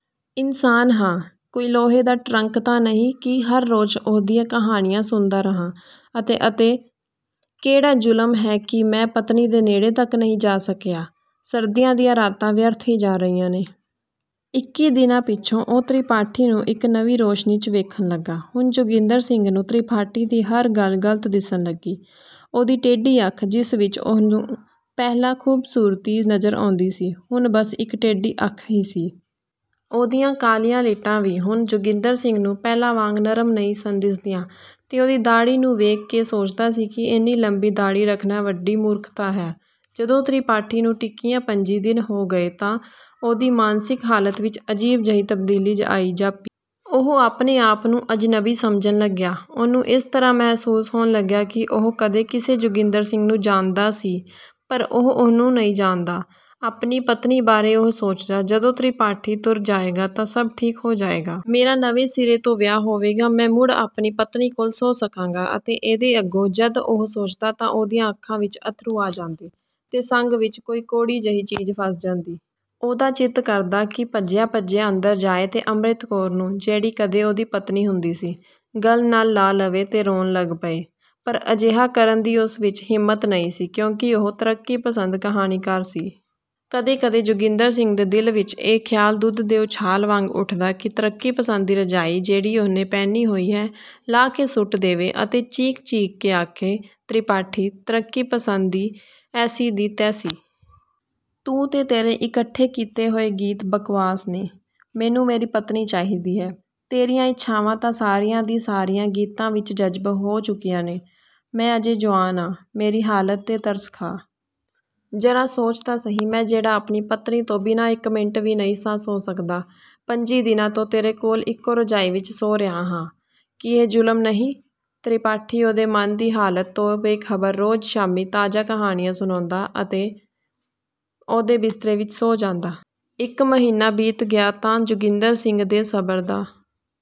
ਇਨਸਾਨ ਹਾਂ, ਕੋਈ ਲੋਹੇ ਦਾ ਟਰੰਕ ਤਾਂ ਨਹੀਂ ਕਿ ਹਰ ਰੋਜ਼ ਉਹਦੀਆਂ ਕਹਾਣੀਆਂ ਸੁਣਦਾ ਰਹਾਂ ਅਤੇ ਅਤੇ ਕੇਡਾ ਜ਼ੁਲਮ ਹੈ ਕਿ ਮੈਂ ਪਤਨੀ ਦੇ ਨੇੜੇ ਤਕ ਨਹੀਂ ਜਾ ਸਕਿਆ। ਸਰਦੀਆਂ ਦੀਆਂ ਰਾਤਾਂ ਵਿਅਰਥ ਹੀ ਜਾ ਰਹੀਆਂ ਨੇ। ਇੱਕੀ ਦਿਨਾਂ ਪਿੱਛੋਂ ਉਹ ਤ੍ਰਿਪਾਠੀ ਨੂੰ ਇਕ ਨਵੀਂ ਰੌਸ਼ਨੀ ’ਚ ਵੇਖਣ ਲੱਗਾ। ਹੁਣ ਜੋਗਿੰਦਰ ਸਿੰਘ ਨੂੰ ਤ੍ਰਿਪਾਠੀ ਦੀ ਹਰ ਗੱਲ ਗਲਤ ਦਿਸਣ ਲੱਗੀ। ਉਹਦੀ ਟੇਢੀ ਅੱਖ, ਜਿਸ ਵਿੱਚ ਉਹਨੂੰ ਪਹਿਲਾਂ ਖੂਬਸੂਰਤੀ ਨਜ਼ਰ ਆਉਂਦੀ ਸੀ, ਹੁਣ ਬੱਸ ਇੱਕ ਟੇਢੀ ਅੱਖ ਹੀ ਸੀ। ਉਹਦੀਆਂ ਕਾਲੀਆਂ ਲਿਟਾਂ ਵੀ ਹੁਣ ਜੋਗਿੰਦਰ ਸਿੰਘ ਨੂੰ ਪਹਿਲਾਂ ਵਾਂਗ ਨਰਮ ਨਹੀਂ ਸਨ ਦਿਸਦੀਆਂ ਤੇ ਉਹਦੀ ਦਾੜ੍ਹੀ ਨੂੰ ਵੇਖ ਕੇ ਸੋਚਦਾ ਸੀ ਕਿ ਇੰਨੀ ਲੰਬੀ ਦਾੜ੍ਹੀ ਰੱਖਣਾ ਵੱਡੀ ਮੂਰਖਤਾ ਹੈ। ਜਦੋਂ ਤ੍ਰਿਪਾਠੀ ਨੂੰ ਟਿਕਿਆਂ ਪੰਝੀ ਦਿਨ ਹੋ ਗਏ ਤਾਂ ਉਹਦੀ ਮਾਨਸਿਕ ਹਾਲਤ ਵਿੱਚ ਅਜੀਬ ਜਿਹੀ ਤਬਦੀਲੀ ਆਈ ਜਾਪੀ। ਉਹ ਆਪਣੇ ਆਪ ਨੂੰ ਅਜਨਬੀ ਸਮਝਣ ਲੱਗਿਆ। ਉਹਨੂੰ ਇਸ ਤਰ੍ਹਾਂ ਮਹਿਸੂਸ ਹੋਣ ਲੱਗਿਆ ਕਿ ਉਹ ਕਦੇ ਕਿਸੇ ਜੋਗਿੰਦਰ ਸਿੰਘ ਨੂੰ ਜਾਣਦਾ ਸੀ ਪਰ ਉਹ ਉਹਨੂੰ ਨਹੀਂ ਜਾਣਦਾ। ਆਪਣੀ ਪਤਨੀ ਬਾਰੇ ਉਹ ਸੋਚਦਾ, ਜਦੋਂ ਤ੍ਰਿਪਾਠੀ ਤੁਰ ਜਾਏਗਾ ਤਾਂ ਸਭ ਠੀਕ ਹੋ ਜਾਏਗਾ। ਮੇਰਾ ਨਵੇਂ ਸਿਰੇ ਤੋਂ ਵਿਆਹ ਹੋਵੇਗਾ। ਮੈਂ ਮੁੜ ਆਪਣੀ ਪਤਨੀ ਕੋਲ ਸੌਂ ਸਕਾਂਗਾ ਅਤੇ ਇਹਦੇ ਅੱਗੋਂ ਜਦ ਉਹ ਸੋਚਦਾ ਤਾਂ ਉਹਦੀਆਂ ਅੱਖਾਂ ਵਿੱਚ ਅੱਥਰੂ ਆ ਜਾਂਦੇ ਤੇ ਸੰਘ ਵਿੱਚ ਕੋਈ ਕੌੜੀ ਜਿਹੀ ਚੀਜ਼ ਫਸ ਜਾਂਦੀ। ਉਹਦਾ ਚਿੱਤ ਕਰਦਾ ਕਿ ਭੱਜਿਆ-ਭੱਜਿਆ ਅੰਦਰ ਜਾਏ ਤੇ ਅੰਮ੍ਰਿਤ ਕੌਰ ਨੂੰ, ਜਿਹੜੀ ਕਦੇ ਉਹਦੀ ਪਤਨੀ ਹੁੰਦੀ ਸੀ, ਗਲ ਨਾਲ ਲਾ ਲਵੇ ਤੇ ਰੋਣ ਲੱਗ ਪਏ। ਪਰ ਅਜਿਹਾ ਕਰਨ ਦੀ ਉਸ ਵਿੱਚ ਹਿੰਮਤ ਨਹੀਂ ਸੀ ਕਿਉਂਕਿ ਉਹ ਤਰੱਕੀਪਸੰਦ ਕਹਾਣੀਕਾਰ ਸੀ। ਕਦੇ-ਕਦੇ ਜੋਗਿੰਦਰ ਸਿੰਘ ਦੇ ਦਿਲ ਵਿੱਚ ਇਹ ਖ਼ਿਆਲ ਦੁੱਧ ਦੇ ਉਛਾਲ ਵਾਂਗ ਉੱਠਦਾ ਕਿ ਤਰੱਕੀਪਸੰਦ ਦੀ ਰਜ਼ਾਈ ਜਿਹੜੀ ਉਹਨੇ ਪਹਿਨੀ ਹੋਈ ਹੈ, ਲਾਹ ਕੇ ਸੁੱਟ ਦੇਵੇ ਅਤੇ ਚੀਕ-ਚੀਕ ਕੇ ਆਖੇ, ਤ੍ਰਿਪਾਠੀ, ਤਰੱਕੀਪਸੰਦੀ ਦੀ ਐਸੀ ਦੀ ਤੈਸੀ। ਤੂੰ ਤੇ ਤੇਰੇ ਇਕੱਠੇ ਕੀਤੇ ਹੋਏ ਗੀਤ ਬਕਵਾਸ ਨੇ, ਮੈਨੂੰ ਮੇਰੀ ਪਤਨੀ ਚਾਹੀਦੀ ਹੈ। ਤੇਰੀਆਂ ਇੱਛਾਵਾਂ ਤਾਂ ਸਾਰੀਆਂ ਦੀਆਂ ਸਾਰੀਆਂ ਗੀਤਾਂ ਵਿੱਚ ਜਜ਼ਬ ਹੋ ਚੁੱਕੀਆਂ ਨੇ। ਮੈਂ ਅਜੇ ਜੁਆਨ ਹਾਂ, ਮੇਰੀ ਹਾਲਤ ’ਤੇ ਤਰਸ ਖਾ। ਜ਼ਰਾ ਸੋਚ ਤਾਂ ਸਹੀ, ਮੈਂ ਜਿਹੜਾ ਆਪਣੀ ਪਤਨੀ ਤੋਂ ਬਿਨਾਂ ਇੱਕ ਮਿੰਟ ਵੀ ਨਹੀਂ ਸਾਂ ਸੌਂ ਸਕਦਾ, ਪੰਝੀ ਦਿਨਾਂ ਤੋਂ ਤੇਰੇ ਨਾਲ ਇੱਕੋ ਰਜ਼ਾਈ ਵਿੱਚ ਸੌਂ ਰਿਹਾ ਹਾਂ। ਕੀ ਇਹ ਜ਼ੁਲਮ ਨਹੀਂ? ਤ੍ਰਿਪਾਠੀ ਉਹਦੇ ਮਨ ਦੀ ਹਾਲਤ ਤੋਂ ਬੇਖਬਰ ਰੋਜ਼ ਸ਼ਾਮੀਂ ਤਾਜ਼ਾ ਕਹਾਣੀਆਂ ਸੁਣਾਉਂਦਾ ਅਤੇ ਉਹਦੇ ਬਿਸਤਰੇ ਵਿੱਚ ਸੌਂ ਜਾਂਦਾ। ਇੱਕ ਮਹੀਨਾ ਬੀਤ ਗਿਆ ਤਾਂ ਜੋਗਿੰਦਰ ਸਿੰਘ ਦੇ ਸਬਰ ਦਾ